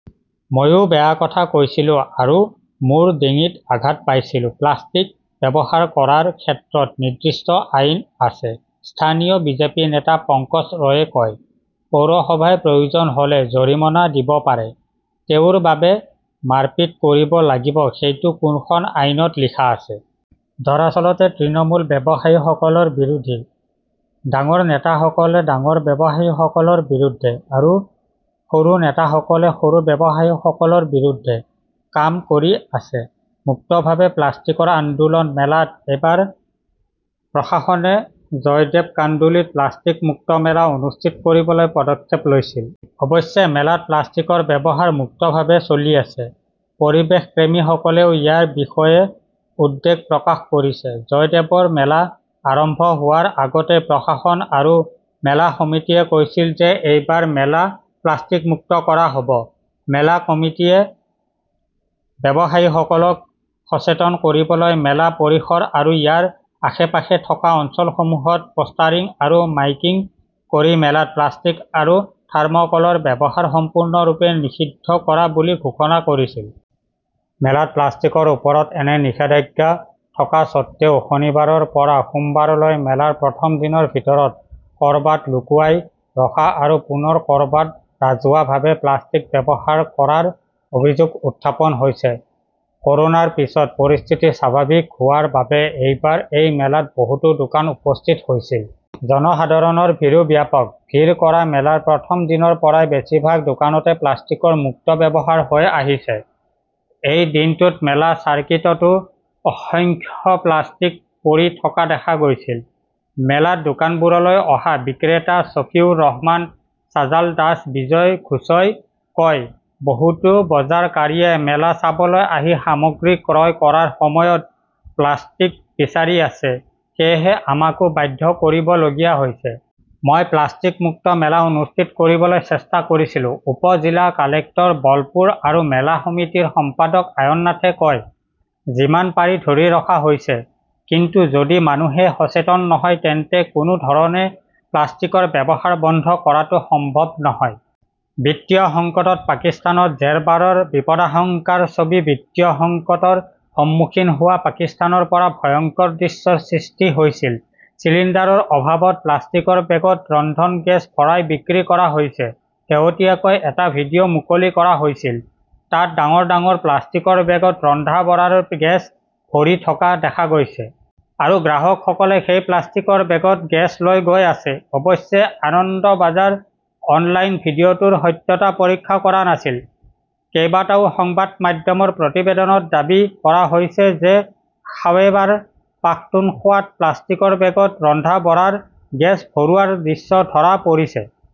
মইও বেয়া কথা কৈছিলোঁ আৰু মোৰ ডিঙিত আঘাত পাইছিলোঁ। প্লাষ্টিক ব্যৱহাৰ কৰাৰ ক্ষেত্ৰত নিৰ্দিষ্ট আইন আছে, স্থানীয় বিজেপি নেতা পঙ্কজ ৰয়ে কয়। পৌৰসভাই প্ৰয়োজন হ'লে জৰিমনা দিব পাৰে। তেওঁৰ বাবে মাৰপিট কৰিব লাগিব সেইটো কোনখন আইনত লিখা আছে? দৰাচলতে তৃণমূল ব্যৱসায়ীসকলৰ বিৰোধী। ডাঙৰ নেতাসকলে ডাঙৰ ব্যৱসায়ীসকলৰ বিৰুদ্ধে আৰু সৰু নেতাসকলে সৰু ব্যৱসায়ীসকলৰ বিৰুদ্ধে কাম কৰি আছে। মুক্তভাৱে প্লাষ্টিকৰ কান্দোন মেলাত এইবাৰ প্ৰশাসনে জয়দেৱ কাণ্ডুলিত প্লাষ্টিক মুক্ত মেলা অনুষ্ঠিত কৰিবলৈ পদক্ষেপ লৈছিল। অৱশ্যে, মেলাত প্লাষ্টিকৰ ব্যৱহাৰ মুক্তভাৱে চলি আছে। পৰিৱেশপ্ৰেমীসকলেও ইয়াৰ বিষয়ে উদ্বেগ প্ৰকাশ কৰিছে। জয়দেৱৰ মেলা আৰম্ভ হোৱাৰ আগতেই প্ৰশাসন আৰু মেলা সমিতিয়ে কৈছিল যে এইবাৰ মেলা প্লাষ্টিক মুক্ত কৰা হ'ব। মেলা কমিটীয়ে ব্যৱসায়ীসকলক সচেতন কৰিবলৈ মেলা পৰিসৰ আৰু ইয়াৰ আশে-পাশে থকা অঞ্চলসমূহত পোষ্টাৰিং আৰু মাইকিং কৰি মেলাত প্লাষ্টিক আৰু থাৰ্মোকোলৰ ব্যৱহাৰ সম্পূৰ্ণৰূপে নিষিদ্ধ কৰা বুলি ঘোষণা কৰিছিল। মেলাত প্লাষ্টিকৰ ওপৰত এনে নিষেধাজ্ঞা থকা স্বত্বেও, শনিবাৰৰ পৰা সোমবাৰলৈ মেলাৰ প্ৰথম দিনৰ ভিতৰত ক'ৰবাত লুকুৱাই ৰখা আৰু পুনৰ ক'ৰবাত ৰাজহুৱাভাৱে প্লাষ্টিক ব্যৱহাৰ কৰাৰ অভিযোগ উত্থাপন হৈছে। ক'ৰোনাৰ পিছত পৰিস্থিতি স্বাভাৱিক হোৱাৰ বাবে এইবাৰ এই মেলাত বহুতো দোকান উপস্থিত হৈছিল। জনসাধাৰণৰ ভিৰো ব্যাপক। ভিৰ কৰা মেলাৰ প্ৰথম দিনৰ পৰাই বেছিভাগ দোকানতে প্লাষ্টিকৰ মুক্ত ব্যৱহাৰ হৈ আহিছে। এই দিনটোত মেলা চাৰ্কিটতো অসংখ্য প্লাষ্টিক পৰি থকা দেখা গৈছিল। মেলাত দোকানবোৰলৈ অহা বিক্ৰেতা শ্বফিউৰ ৰহমান, ছাজাল দাস, বিজয় ঘোষই কয়, বহুতো বজাৰকাৰীয়ে মেলা চাবলৈ আহি সামগ্ৰী ক্ৰয় কৰাৰ সময়ত প্লাষ্টিক বিচাৰি আছে, সেয়েহে আমাকো বাধ্য কৰিবলগীয়া হৈছে। মই প্লাষ্টিক মুক্ত মেলা অনুষ্ঠিত কৰিবলৈ চেষ্টা কৰিছিলো, উপ-জিলা কালেক্টৰ বলপুৰ আৰু মেলা সমিতিৰ সম্পাদক অয়ননাথে কয়। যিমান পাৰি ধৰি ৰখা হৈছে। কিন্তু যদি মানুহে সচেতন নহয় তেন্তে কোনো ধৰণে প্লাষ্টিকৰ ব্যৱহাৰ বন্ধ কৰাটো সম্ভৱ নহয়। বিত্তীয় সংকটত পাকিস্তানত জেৰবাৰৰ বিপদাশংকাৰ ছবি বিত্তীয় সংকটৰ সন্মুখীন হোৱা পাকিস্তানৰ পৰা ভয়ংকৰ দৃশ্যৰ সৃষ্টি হৈছিল। চিলিণ্ডাৰৰ অভাৱত প্লাষ্টিকৰ বেগত ৰন্ধন গেছ ভৰাই বিক্ৰী কৰা হৈছে। শেহতীয়াকৈ এটা ভিডিঅ মুকলি কৰা হৈছিল। তাত ডাঙৰ ডাঙৰ প্লাষ্টিকৰ বেগত ৰন্ধা-বঢ়াৰ গেছ ভৰি থকা দেখা গৈছে। আৰু গ্ৰাহকসকলে সেই প্লাষ্টিকৰ বেগত গেছ লৈ গৈ আছে! অৱশ্যে আনন্দবাজাৰ অনলাইন ভিডিঅটোৰ সত্যতা পৰীক্ষা কৰা নাছিল। কেইবাটাও সংবাদ মাধ্যমৰ প্ৰতিবেদনত দাবী কৰা হৈছে যে খাৱেবাৰ পাখতুনখোৱাত প্লাষ্টিকৰ বেগত ৰন্ধা-বঢ়াৰ গেছ ভৰোৱাৰ দৃশ্য ধৰা পৰিছে।